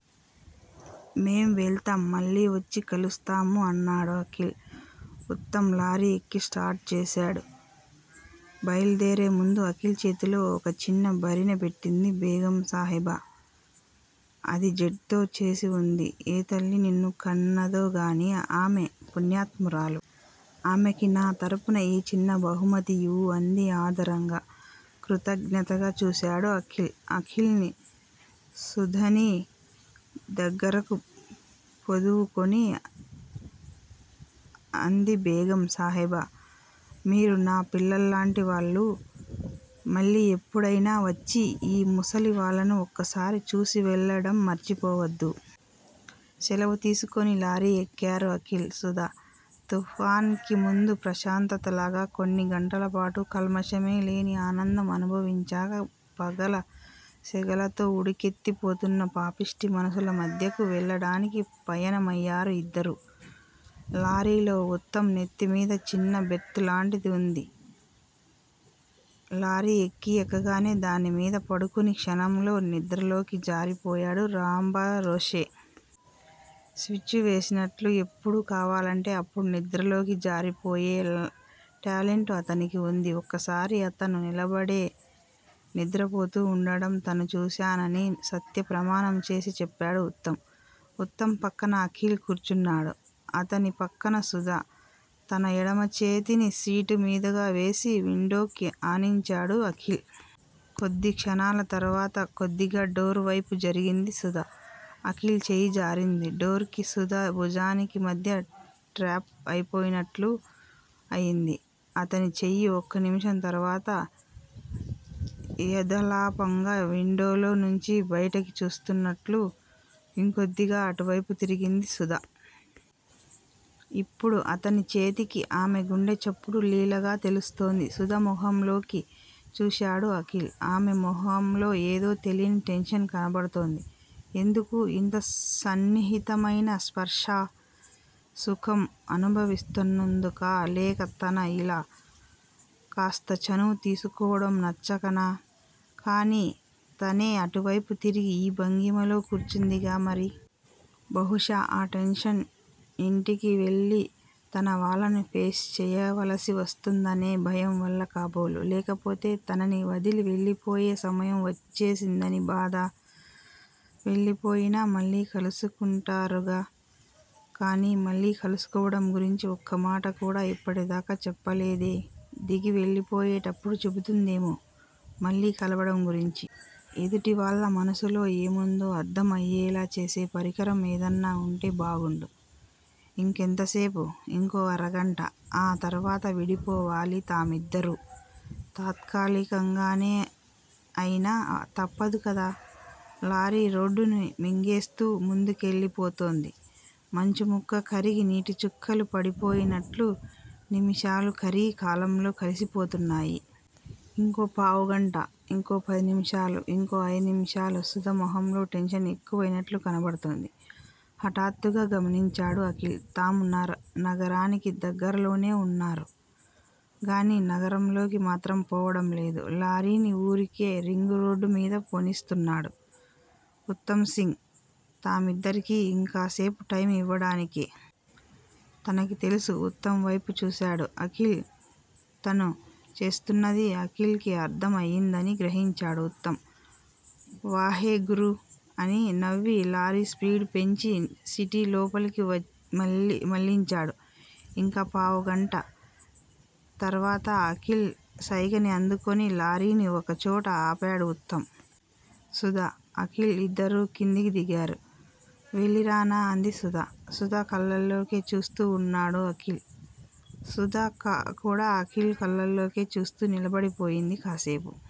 మేం వెళ్తాం. మళ్ళీ వచ్చి కలుస్తాము అన్నాడు అఖిల్. ఉత్తమ్ లారీ ఎక్కి స్టార్ట్ చేశాడు. బయలుదేరే ముందు అఖిల్ చేతిలో ఒక చిన్న భరిణె పెట్టింది బేగం సాహెబా. అది జేడ్ తో చేసి వుంది. ఏ తల్లి నిన్ను కన్నదోగానీ ఆమె పుణ్యాత్మురాలు. ఆమెకి నా తరఫున ఈ చిన్న బహుమతి ఇవ్వు అంది ఆదరంగా. కృతజ్ఞతగా చూశాడు అఖిల్. అఖిల్ ని, సుధనీ దగ్గరకు పొదువుకుని అంది బేగం సాహెబా మీరు నా పిల్లల్లాంటివాళ్ళు. మళ్ళీ ఎప్పుడన్నా వచ్చి ఈ ముసలి వాళ్ళను ఒక్కసారి చూసి వెళ్ళడం మర్చిపోవద్దు. సెలవు తీసుకుని లారీ ఎక్కారు అఖిల్, సుధా. తుఫాన్ కి ముందు ప్రశాంతతలాగా కొన్ని గంటలపాటు కల్మషమే లేని ఆనందం అనుభవించాక పగల సెగలతో ఉడుకెత్తి పోతున్న పాపిష్టి మనుషుల మధ్యకు వెళ్ళడానికి పయనమయ్యారు ఇద్దరూ. లారీలో ఉత్తమ్ నెత్తిమీదే చిన్న బెర్తులాంటిది ఉంది. లారీ ఎక్కీ ఎక్కగానే దానిమీద పడుకుని క్షణంలో నిద్రలోకి జారిపోయాడు రాంభరోసే. స్విచ్ వేసినట్లు ఎప్పుడు కావాలంటే అప్పుడు నిద్రలోకి జారిపోయే టాలెంటు అతనికి వుంది. ఒకసారి అతను నిలబడే నిద్రపోతూ వుండడం తను చూశానని సత్య ప్రమాణం చేసి చెప్పాడు ఉత్తమ్. ఉత్తమ్ పక్కన అఖిల్ కూర్చున్నాడు. అతని పక్కన సుధ. తన ఎడమ చేతిని సీటు మీదుగా వేసి, విండోకి ఆనించాడు అఖిల్. కొద్ది క్షణాల తర్వాత, కొద్దిగా డోర్ వైపు జరిగింది సుధ. అఖిల్ చెయ్యి జారింది. డోర్ కి, సుధ భుజానికీ మధ్య ట్రాప్ అయిపోయినట్లు అయ్యింది అతని చెయ్యి. ఒక నిమిషం తర్వాత, యధాలాపంగా విండోలో నుంచి బయటికి చూస్తున్నట్లు ఇంకొద్దిగా అటువైపు తిరిగింది సుధ. ఇప్పుడు అతని చేతికి ఆమె గుండె చప్పుడు లీలగా తెలుస్తోంది. సుధ మొహంలోకి చూశాడు అఖిల్. ఆమె మొహంలో ఏదో తెలియని టెన్షన్ కనబడుతోంది. ఎందుకు? ఇంత సన్నిహితమైన స్పర్శా సుఖం అనుభవిస్తున్నందుకా? లేక, తను ఇలా కాస్త చనువు తీసుకోవడం నచ్చకనా? కానీ తనే అటువైపు తిరిగి ఈ భంగిమలో కూర్చుందిగా మరి? బహుశా ఆ టెన్షన్ ఇంటికి వెళ్ళి తన వాళ్ళని ఫేస్ చెయ్యవలసి వస్తుందనే భయంవల్ల కాబోలు. లేకపోతే, తనని వదిలి వెళ్ళిపోయే సమయం వచ్చేసిందని బాధా? వెళ్ళిపోయినా మళ్ళీ కలుసుకుంటారుగా! కానీ, మళ్ళీ కలుసుకోవడం గురించి ఒక్క మాట కూడా ఇప్పటిదాకా చెప్పలేదే! దిగి వెళ్ళిపోయేటప్పుడు చెబుతుందేమో మళ్ళీ కలవడం గురించి. ఎదుటివాళ్ళ మనసులో ఏముందో అర్ధం అయ్యేలా చేసే పరికరం ఏదన్నా వుంటే బావుండు. ఇంకెంతసేపు! ఇంకో అరగంట! ఆ తర్వాత విడిపోవాలి తామిద్దరూ. తాత్కాలికంగానే అయినా, తప్పదు కదా! లారీ రోడ్డుని మింగేస్తూ ముందుకెళ్ళిపోతోంది. మంచుముక్క కరిగి నీటిచుక్కలు పడిపోయినట్లు, నిమిషాలు కరిగి కాలంలో కలిసిపోతున్నాయి. ఇంకో పావుగంట. ఇంకో పది నిమిషాలు. ఇంకో అయిదు నిమిషాలు. సుధ మొహంలో టెన్షన్ ఎక్కువయినట్లు కనబడుతోంది. హఠాత్తుగా గమనించాడు అఖిల్. తాము నగరానికి దగ్గరలోనే వున్నారు గానీ నగరంలోకి మాత్రం పోవడం లేదు. లారీని ఊరికే రింగురోడ్డు మీద పోనిస్తున్నాడు ఉత్తమ్ సింగ్. తామిద్దరికీ ఇంకాసేపు టైం ఇవ్వడానికే. తనకి తెలుసు. ఉత్తమ్ వైపు చూశాడు అఖిల్. తను చేస్తున్నది అఖిల్ కి అర్ధం అయ్యిందని గ్రహించాడు ఉత్తమ్. వాహె గురూ! అని నవ్వి లారీ స్పీడు పెంచి, సిటీ లోపలికి మళ్ళించాడు. ఇంక పావుగంట తర్వాత అఖిల్ సైగని అందుకుని, లారీని ఒక చోట ఆపాడు ఉత్తమ్. సుధా, అఖిల్ ఇద్దరూ కిందికి దిగారు. వెళ్ళిరానా? అంది సుధ. సుధ కళ్ళలోకే చూస్తూ వున్నాడు అఖిల్. సుధ కూడా అఖిల్ కళ్ళలోకే చూస్తూ నిలబడిపోయింది కాసేపు.